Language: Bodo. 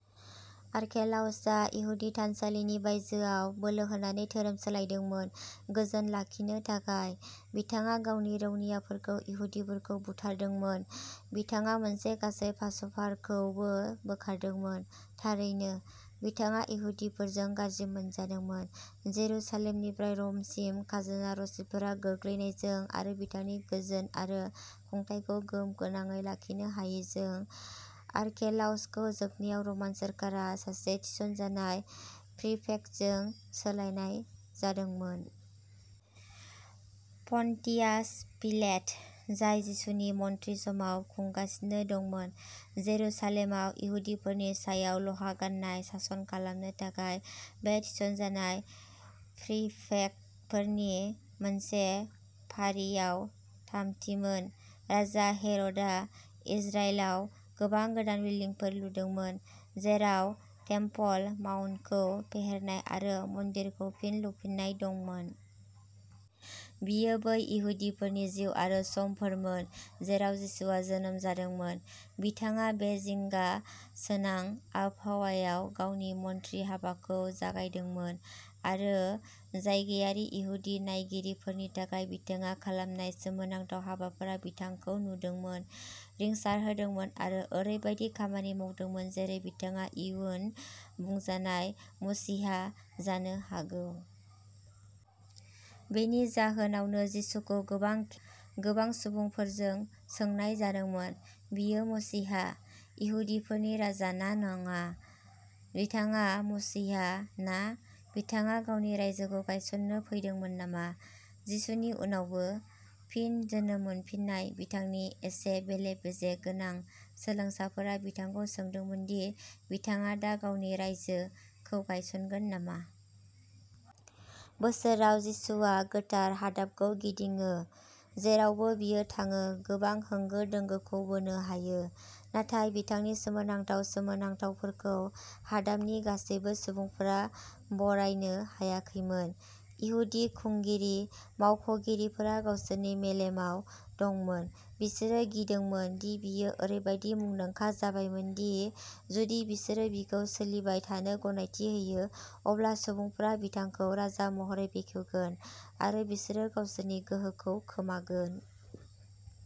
आर्केलाउसआ इहुदि थानसालिनि बायजोयाव बोलो होनानै धोरोम सोलायदोंमोन। गोजोन लाखिनो थाखाय, बिथाङा गावनि रौनियाफोरखौ इहुदिफोरखौ बुथारदोंमोन। बिथाङा मोनसे गासै पास'भारखौबो बोखारदोंमोन! थारैनो, बिथाङा इहुदिफोरजों गाज्रि मोनजादोंमोन। जेरुसालेमनिफ्राय र'मसिम खाजोना रसिदफोरा गोग्लैनायजों आरो बिथांनि गोजोन आरो खुंथायखौ गोहोम गोनाङै लाखिनो हायैजों, आर्केलाउसखौ जोबनायाव रमान सोरखारा सासे थिसनजानाय प्रिफेक्टजों सोलायनाय जादोंमोन। पन्टियास पिलेट, जाय जिसुनि मन्थ्रि समाव खुंगासिनो दंमोन, जेरुसालेमाव इहुदिफोरनि सायाव लहा-गाननाय सासन खालामनो थाखाय बे थिसनजानाय प्रिफेक्टफोरनि मोनसे फारियाव थामथिमोन। राजा हेर'डआ इजराइलाव गोबां गोदान बिल्डिंफोर लुदोंमोन, जेराव टेम्पल माउन्टखौ फेहेरनाय आरो मन्दिरखौ फिन लुफिननाय दंमोन। बेयो बै इहुदिफोरनि जिउ आरो समफोरमोन जेराव जिसुआ जोनोम जादोंमोन। बिथाङा बे जिंगासोनां आबहावायाव गावनि मन्थ्रि हाबाखौ जागायदोंमोन, आरो जायगायारि इहुदि नायगिरिफोरनि थाखाय बिथाङा खालामनाय सोमोनांथाव हाबाफोरा बिथांखौ नुदोंमोन, रिंसारहोदोंमोन आरो ओरैबायदि खामानि मावदोंमोन जेरै बिथाङा इयुन बुंजानाय मसीहा जानो हागौ। बेनि जाहोनावनो जिसुखौ गोबां खेब, गोबां सुबुंफोरजों सोंनाय जादोंमोन, बियो मसीहा, इहुदिफोरनि राजा ना नङा। बिथाङा मसीहा ना? बिथाङा गावनि रायजोखौ गायसननो फैदोंमोन नामा? जिसुनि उनावबो? फिन जोनोम मोनफिन्नाय, बिथांनि एसे बेले-बेजे गोनां सोलोंसाफोरा बिथांखौ सोंदोंमोन दि बिथाङा दा गावनि "रायजो" खौ गायसनगोन नामा। बोसोराव जिसुआ गोथार हादाबखौ गिदिङो, जेरावबो बियो थाङो गोबां होंगो-दोंगोखौ बोनो हायो। नाथाय बिथांनि सोमोनांथाव सोमोनांथावफोरखौ हादाबनि गासैबो सुबुंफोरा बरायनो हायाखैमोन। इहुदि खुंगिरि मावख'गिरिफोरा गावसोरनि मेलेमाव दंमोन। बिसोरो गिदोंमोन दि बियो ओरैबायदि मुंदांखा जाबायमोन दि जुदि बिसोरो बिखौ सोलिबाय थानो गनायथि होयो, अब्ला सुबुंफोरा बिथांखौ राजा महरै बेखेवगोन आरो बिसोरो गावसोरनि गोहोखौ खोमागोन।